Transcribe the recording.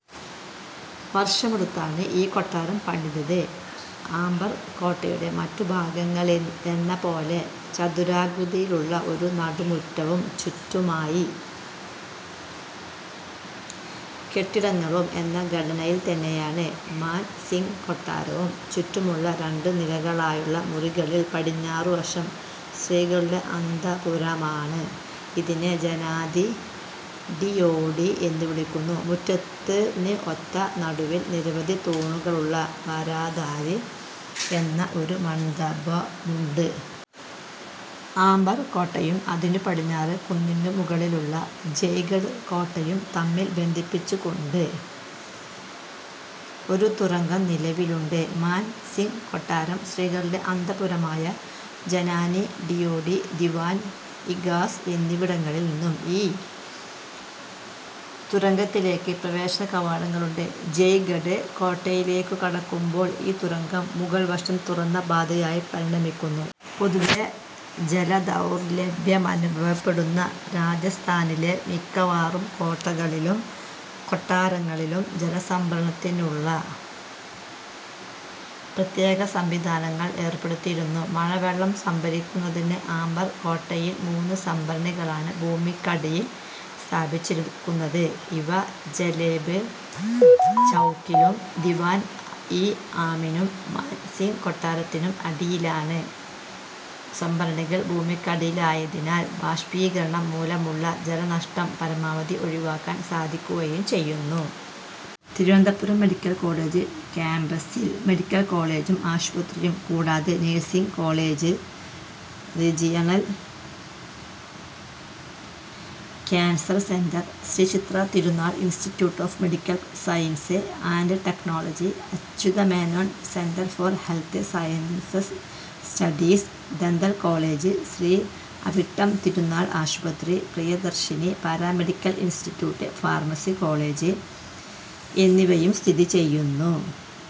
വർഷമെടുത്താണ് ഈ കൊട്ടാരം പണിതത്. ആംബർ കോട്ടയുടെ മറ്റു ഭാഗങ്ങളിലെന്ന പോലെ ചതുരാകൃതിയിലുള്ള ഒരു നടുമുറ്റവും ചുറ്റുമായി കെട്ടിടങ്ങളും എന്ന ഘടനയിൽത്തന്നെയാണ് മാൻ സിങ് കൊട്ടാരവും ചുറ്റുമുള്ള രണ്ടു നിലകളായുള്ള മുറികളിൽ പടിഞ്ഞാറുവശം സ്ത്രീകളുടെ അന്തഃപുരമാണ്. ഇതിനെ ജനാനി ഡിയോഢി എന്നുവിളിക്കുന്നു. മുറ്റത്തിന് ഒത്ത നടുവിൽ നിരവധി തൂണുകളുള്ള ബാരാധാരി എന്ന ഒരു മണ്ഡപമുണ്ട്. ആംബർ കോട്ടയും അതിനു പടിഞ്ഞാറ് കുന്നിനു മുകളിലുള്ള ജയ്ഗഢ് കോട്ടയും തമ്മിൽ ബന്ധിപ്പിച്ചുകൊണ്ട് ഒരു തുരങ്കം നിലവിലുണ്ട്. മാൻ സിങ് കൊട്ടാരം, സ്ത്രീകളുടെ അന്തഃപുരമായ ജനാനി ഡിയോഢി, ദിവാൻ-ഇ ഖാസ് എന്നിവിടങ്ങളിൽ നിന്നും ഈ തുരങ്കത്തിലേക്ക് പ്രവേശനകവാടങ്ങളുണ്ട്. ജയ്ഗഢ് കോട്ടയിലേക്കടുക്കുമ്പോൾ ഈ തുരങ്കം, മുകൾവശം തുറന്ന പാതയായി പരിണമിക്കുന്നു. പൊതുവേ ജലദൗർലഭ്യമനുഭവപ്പെടുന്ന രാജസ്ഥാനിലെ മിക്കവാറും കോട്ടകളിലും കൊട്ടാരങ്ങളിലും ജലസംഭരണത്തിനുള്ള പ്രത്യേക സംവിധാനങ്ങൾ ഏർപ്പെടുത്തിയിരുന്നു. മഴവെള്ളം സംഭരിക്കുന്നതിന് ആംബർ കോട്ടയിൽ മൂന്ന് സംഭരണികളാണ് ഭൂമിക്കടിയിൽ സ്ഥാപിച്ചിരിക്കുന്നത്. ഇവ ജലേബ് ചൗക്കിലും, ദിവാൻ ഇ ആമിനും, മാൻ സിങ് കൊട്ടാരത്തിനും അടിയിലാണ്. സംഭരണികൾ ഭൂമിക്കടിയിലായതിനാൽ ബാഷ്പീകരണം മൂലമുള്ള ജലനഷ്ടം പരമാവധി ഒഴിവാക്കാൻ സാധിക്കുകയും ചെയ്യുന്നു. തിരുവനന്തപുരം മെഡിക്കൽ കോളെജ് ക്യാമ്പസിൽ മെഡിക്കൽ കോളേജും ആശുപത്രിയും കൂടാതെ nursing college, regional cancer centre, Sree Chitra Thirunal institute of medical science and technology, Achyuta Menon centre for health sciences studies, dental college, Shri Avittam തിരുനാൾ ആശുപത്രി, Priyadarshini paramedical institute, pharmacy college എന്നിവയും സ്ഥിതി ചെയ്യുന്നു.